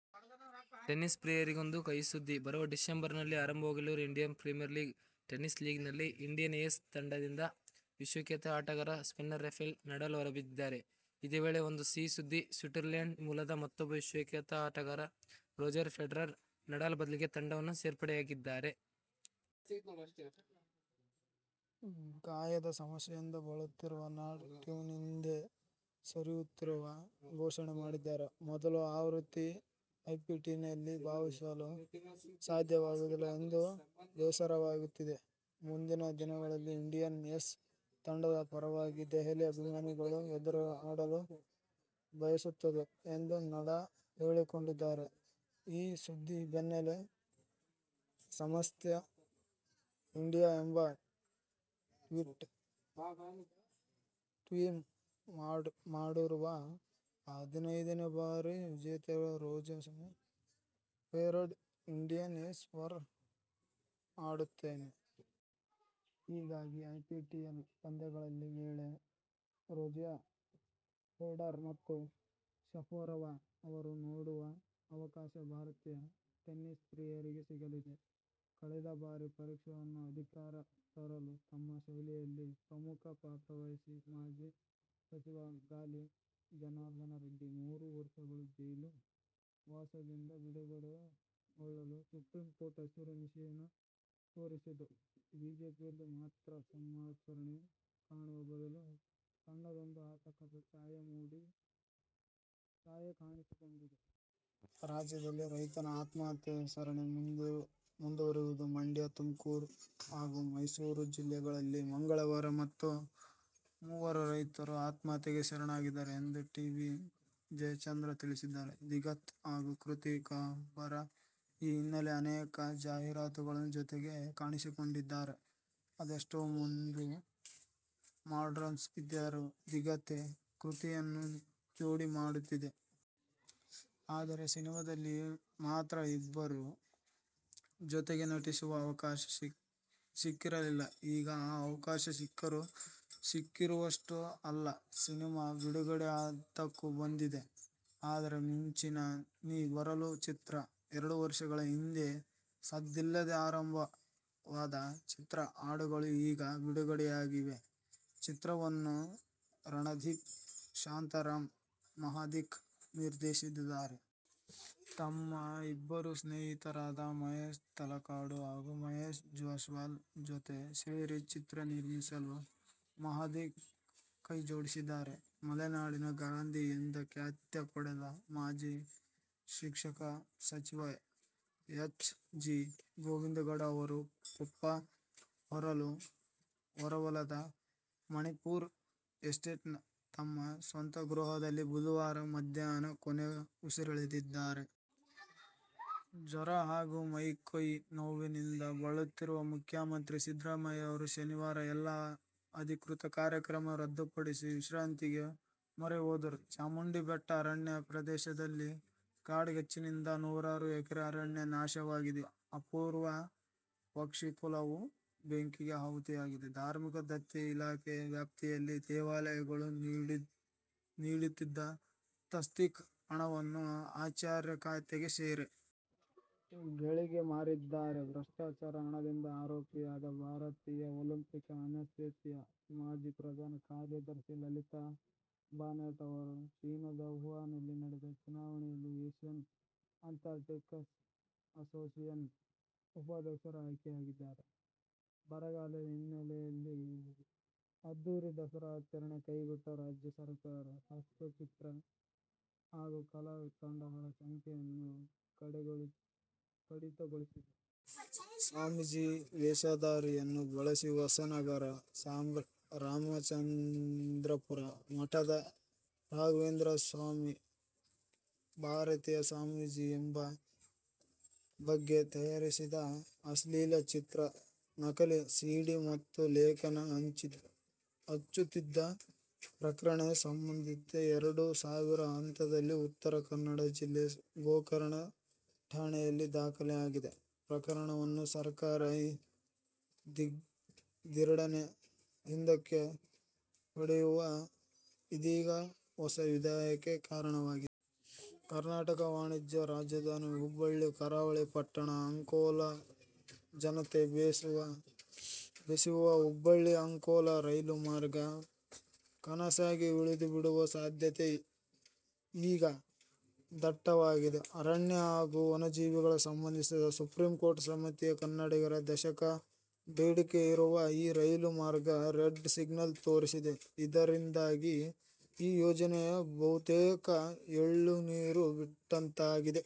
Tennis ಪ್ರಿಯರಿಗೊಂದು ಕಹಿ ಸುದ್ದಿ. ಬರುವ ಡಿಸೆಂಬರ್ನಲ್ಲಿ ಆರಂಭವಾಗಲಿರುವ ಇಂಡಿಯನ್ ಪ್ರೀಮಿಯರ್ ಟೆನ್ನಿಸ್ ಲೀಗ್ನಲ್ಲಿ ಇಂಡಿಯನ್ ಏಸ್ ತಂಡದಿಂದ ವಿಶ್ವವಿಖ್ಯಾತ ಆಟಗಾರ ಸ್ಪೇನ್ನ ರಫೆಲ್ ನಡಾಲ್ ಹೊರಬಿದ್ದಿದ್ದಾರೆ. ಇದೇ ವೇಳೆ ಒಂದು ಸಿಹಿ ಸುದ್ದಿ. ಸ್ವಿಟ್ಜರ್ಲೆಂಡ್ ಮೂಲದ ಮತ್ತೂಬ್ಬ ವಿಶ್ವವಿಖ್ಯಾತ ಅಟಗಾರ ರೋಜರ್ ಫೆಡರರ್, ನಡಾಲ್ ಬದಲಿಗೆ ತಂಡವನ್ನು ಸೇರ್ಪಡೆಯಾಗಿದ್ದಾರೆ. ಗಾಯದ ಸಮಸ್ಯೆಯಿಂದ ಬಳಲುತ್ತಿರುವ ನಡಾಲ್, ಟೂರ್ನಿಯಿಂದ ಹಿಂದೆ ಸರಿಯುತ್ತಿರುವ ಘೋಷಣೆ ಮಾಡಿದ್ದಾರೆ. ಮೊದಲ ಆವೃತ್ತಿ ಐಪಿಟಿಎಲ್ನಲ್ಲಿ ಭಾಗವಹಿಸಲು ಸಾಧ್ಯವಾಗುತ್ತಿಲ್ಲ ಎಂದು ಬೇಸರವಾಗುತ್ತಿದೆ. ಮುಂದಿನ ದಿನಗಳಲ್ಲಿ ಇಂಡಿಯನ್ ಏಸ್ ತಂಡದ ಪರವಾಗಿ ದೆಹಲಿ ಅಭಿಮಾನಿಗಳ ಎದುರು ಆಡಲು ಬಯಸುತ್ತೇನೆ ಎಂದು ನಡಾಲ್ ಹೇಳಿಕೊಂಡಿದ್ದಾರೆ. ಈ ಸುದ್ದಿಯ ಬೆನ್ನಲ್ಲೇ, ನಮಸ್ತೇ ಇಂಡಿಯಾ ಎಂದು ಟ್ವೀಟ್ ಮಾಡಿರುವ ಹದಿನೇಳು ಬಾರಿ ವಿಜೇತ ರೋಜರ್ ಫೆಡರರ್, ಇಂಡಿಯನ್ ಏಸ್ ಪರ ಆಡುತ್ತಿದ್ದೇನೆ. ಹೀಗಾಗಿ ಐಪಿಟಿಎಲ್ ಪಂದ್ಯಾವಳಿಗಳ ವೇಳೆ ರೋಜರ್ ಫೆಡರರ್ ಮತ್ತು ಶರಪೋವಾ ಅವರನ್ನು ನೋಡುವ ಅವಕಾಶ ಭಾರತೀಯ ಟೆನಿಸ್ ಪ್ರಿಯರಿಗೆ ಸಿಗಲಿದೆ. ಕಳೆದ ಬಾರಿ ಪಕ್ಷವನ್ನು ಅಧಿಕಾರಕ್ಕೆ ತರುವಲ್ಲಿ ತಮ್ಮದೇ ಶೈಲಿಯಲ್ಲಿ ಪ್ರಮುಖ ಪಾತ್ರ ವಹಿಸಿದ್ದ ಮಾಜಿ ಸಚಿವ ಗಾಲಿ ಜನಾರ್ದನರೆಡ್ಡಿ ಮೂರು ವರ್ಷಗಳ ಜೈಲು ವಾಸದಿಂದ ಬಿಡುಗಡೆಗೊಳ್ಳಲು ಸುಪ್ರೀಂಕೋರ್ಟ್ ಹಸಿರು ನಿಶಾನೆ ತೋರಿದರೂ ಬಿಜೆಪಿಯಲ್ಲಿ ಮಾತ್ರ ಸಂಭ್ರಮಾಚರಣೆ ಕಾಣುವ ಬದಲು ಸಣ್ಣದೊಂದು ಆತಂಕದ ಛಾಯೆ ಕಾಣಿಸಿಕೊಂಡಿದೆ. ರಾಜ್ಯದಲ್ಲಿ ರೈತರ ಆತ್ಮಹತ್ಯೆ ಸರಣಿ ಮುಂದುವರಿದಿದ್ದು ಮಂಡ್ಯ, ತುಮಕೂರು ಹಾಗೂ ಮೈಸೂರು ಜಿಲ್ಲೆಗಳಲ್ಲಿ ಮಂಗಳವಾರ ಮತ್ತೆ ಮೂವರು ರೈತರು ಆತ್ಮಹತ್ಯೆಗೆ ಶರಣಾಗಿದ್ದಾರೆ ಎಂದು ಟಿ.ಬಿ. ಜಯಚಂದ್ರ ತಿಳಿಸಿದ್ದಾರೆ. ದಿಗಂತ್ ಹಾಗೂ ಕೃತಿ ಕರಬಂದ ಈ ಹಿಂದೆ ಅನೇಕ ಜಾಹೀರಾತುಗಳಲ್ಲಿ ಜೊತೆಯಾಗಿ ಕಾಣಿಸಿಕೊಂಡಿದ್ದಾರೆ. ಅದೆಷ್ಟೋ ಮಂದಿ ಮಾಡೆಲ್ಸ್ ಇದ್ದರೂ ದಿಗಂತ್ಗೆ ಕೃತಿಯನ್ನೇ ಜೋಡಿ ಮಾಡುತ್ತಿದ್ದರಂತೆ. ಆದರೆ ಸಿನಿಮಾದಲ್ಲಿ ಮಾತ್ರ ಇಬ್ಬರಿಗೂ ಜೊತೆಯಾಗಿ ನಟಿಸುವ ಅವಕಾಶ ಸಿಕ್ಕಿರಲಿಲ್ಲ. ಈಗ ಆ ಅವಕಾಶ ಸಿಕ್ಕಿದೆ. ಸಿಕ್ಕಿರುವುದಷ್ಟೇ ಅಲ್ಲ, ಸಿನಿಮಾ ಬಿಡುಗಡೆಯ ಹಂತಕ್ಕೂ ಬಂದಿದೆ. ಅದು "ಮಿಂಚಾಗಿ ನೀ ಬರಲು' ಚಿತ್ರ. ಎರಡು ವರ್ಷಗಳ ಹಿಂದೆ ಸದ್ದಿಲ್ಲದೇ ಆರಂಭವಾದ ಚಿತ್ರದ ಹಾಡುಗಳು ಈಗ ಬಿಡುಗಡೆಯಾಗಿವೆ. ಚಿತ್ರವನ್ನು ರಣದೀಪ್ ಶಾಂತಾರಾಮ್ ಮಹಾದಿಕ್ ನಿರ್ದೇಶಿಸಿದ್ದಾರೆ. ತಮ್ಮ ಇಬ್ಬರು ಸ್ನೇಹಿತರಾದ ಮಹೇಶ್ ತಲಕಾಡು ಹಾಗೂ ಮಹೇಶ್ ಜೆಸ್ವಾಲ್ ಜೊತೆ ಸೇರಿ ಚಿತ್ರ ನಿರ್ಮಿಸುವಲ್ಲೂ ಮಹಾದಿಕ್ ಕೈ ಜೋಡಿಸಿದ್ದಾರೆ. ಮಲೆನಾಡ ಗಾಂಧಿ ಎಂದೇ ಖ್ಯಾತಿ ಪಡೆದಿದ್ದ ಮಾಜಿ ಶಿಕ್ಷಣ ಸಚಿವ ಎಚ್. ಜಿ. ಗೋವಿಂದೇಗೌಡ ಅವರು ಕೊಪ್ಪ ಹೊರವಲಯದ ಮಣಿಪುರ ಎಸ್ಟೇಟ್ನ ತಮ್ಮ ಸ್ವಗೃಹದಲ್ಲಿ ಬುಧವಾರ ಮಧ್ಯಾಹ್ನ ಕೊನೆಯುಸಿರೆಳೆದರು. ಜ್ವರ ಹಾಗೂ ಮೈ ಕೈ ನೋವಿನಿಂದ ಬಳಲುತ್ತಿರುವ ಮುಖ್ಯಮಂತ್ರಿ ಸಿದ್ದರಾಮಯ್ಯ ಅವರು ಶನಿವಾರದ ಎಲ್ಲ ಅಧಿಕೃತ ಕಾರ್ಯಕ್ರಮ ರದ್ದುಪಡಿಸಿ ವಿಶ್ರಾಂತಿಗೆ ಮೊರೆ ಹೋದರು. ಚಾಮುಂಡಿ ಬೆಟ್ಟದ ಅರಣ್ಯ ಪ್ರದೇಶದಲ್ಲಿ ಕಾಡ್ಗಿಚ್ಚಿನಿಂದಾಗಿ ನೂರಾರು ಎಕರೆ ಅರಣ್ಯ ನಾಶವಾಗಿ, ಅಪೂರ್ವ ಪಕ್ಷಿಸಂಕುಲ ಬೆಂಕಿಗಾಹುತಿಯಾಗಿವೆ. ಧಾರ್ಮಿಕ ದತ್ತಿ ಇಲಾಖೆ ವ್ಯಾಪ್ತಿಯ ದೇವಾಲಯಗಳಿಗೆ ನೀಡುತ್ತಿದ್ದ ತಸ್ತೀಕ್ ಹಣವನ್ನು ಅರ್ಚಕರ ಖಾತೆಗೆ ಶೇ. ಗಳಿಗೆ ಮಾರಿದ್ದಾರೆ. ಭ್ರಷ್ಟಾಚಾರ ಹಗರಣದ ಆರೋಪಿಯಾಗಿದ್ದ ಭಾರತೀಯ ಒಲಿಂಪಿಕ್ ಅಸೋಸಿಯೇಶನ್ನ ಮಾಜಿ ಪ್ರಧಾನ ಕಾರ್ಯದರ್ಶಿ ಲಲಿತ್ ಭಾನೋಟ್ ಅವರು ಚೀನದ ವುಹಾನ್ನಲ್ಲಿ ನಡೆದ ಚುನಾವಣೆಯಲ್ಲಿ ಏಶ್ಯನ್ ಆತ್ಲೆಟಿಕ್ಸ್ ಅಸೋಸಿಯೇಶನ್ ನ ಉಪಾಧ್ಯಕ್ಷರಾಗಿ ಆಯ್ಕೆಯಾಗಿದ್ದಾರೆ. ಬರಗಾಲದ ಹಿನ್ನೆಲೆಯಲ್ಲಿ ಅದ್ದೂರಿ ದಸರಾ ಆಚರಣೆ ಕೈಬಿಟ್ಟಿರುವ ರಾಜ್ಯ ಸರ್ಕಾರ, ಸ್ತಬ್ದಚಿತ್ರ ಹಾಗೂ ಕಲಾ ತಂಡಗಳ ಸಂಖ್ಯೆಯನ್ನೂ ಕಡಿತಗೊಳಿಸಿದೆ. ಸ್ವಾಮೀಜಿ ವೇಷಧಾರಿಯನ್ನು ಬಳಸಿ ಹೊಸನಗರ ರಾಮಚಂದ್ರಾಪುರ ಮಠದ ರಾಘವೇಶ್ವರ ಭಾರತಿ ಸ್ವಾಮೀಜಿ ಬಗ್ಗೆ ತಯಾರಿಸಿದ್ದ ಅಶ್ಲೀಲ ಚಿತ್ರದ ನಕಲಿ ಸಿ. ಡಿ. ಮತ್ತು ಲೇಖನ ಹಂಚುತ್ತಿದ್ದ ಪ್ರಕರಣಕ್ಕೆ ಸಂಬಂಧಿಸಿದಂತೆ ಎರಡು ಸಾವಿರದ ಹತ್ತರಲ್ಲಿ ಉತ್ತರ ಕನ್ನಡ ಜಿಲ್ಲೆ ಗೋಕರ್ಣ ಠಾಣೆಯಲ್ಲಿ ದಾಖಲಾಗಿದ್ದ ಪ್ರಕರಣವನ್ನು ಸರ್ಕಾರ ದಿಢೀರ್ ಹಿಂದಕ್ಕೆ ಪಡೆದಿರುವುದು ಇದೀಗ ಹೊಸ ವಿವಾದಕ್ಕೆ ಕಾರಣವಾಗಿದೆ. ಕರ್ನಾಟಕದ ವಾಣಿಜ್ಯ ರಾಜಧಾನಿ ಹುಬ್ಬಳ್ಳಿಯನ್ನು ಕರಾವಳಿಯ ಪಟ್ಟಣ ಅಂಕೋಲಾ ಜತೆ ಬೆಸೆಯುವ "ಹುಬ್ಬಳ್ಳಿ- ಅಂಕೋಲಾ ರೈಲು ಮಾರ್ಗ' ಕನಸಾಗಿಯೇ ಉಳಿದುಬಿಡುವ ಸಾಧ್ಯತೆ ಈಗ ದಟ್ಟವಾಗಿದೆ. ಅರಣ್ಯ ಹಾಗೂ ವನ್ಯಜೀವಿಗೆ ಸಂಬಂಧಿಸಿದ ಸುಪ್ರೀಂಕೋರ್ಟ್ನ ಸಮಿತಿಯೊಂದು ಕನ್ನಡಿಗರ ದಶಕಗಳ ಬೇಡಿಕೆಯಾಗಿರುವ ಈ ರೈಲು ಮಾರ್ಗಕ್ಕೆ "ರೆಡ್ ಸಿಗ್ನಲ್' ತೋರಿದೆ. ಇದರಿಂದಾಗಿ ಈ ಯೋಜನೆಗೆ ಬಹುತೇಕ ಎಳ್ಳುನೀರು ಬಿಟ್ಟಂತಾಗಿದೆ.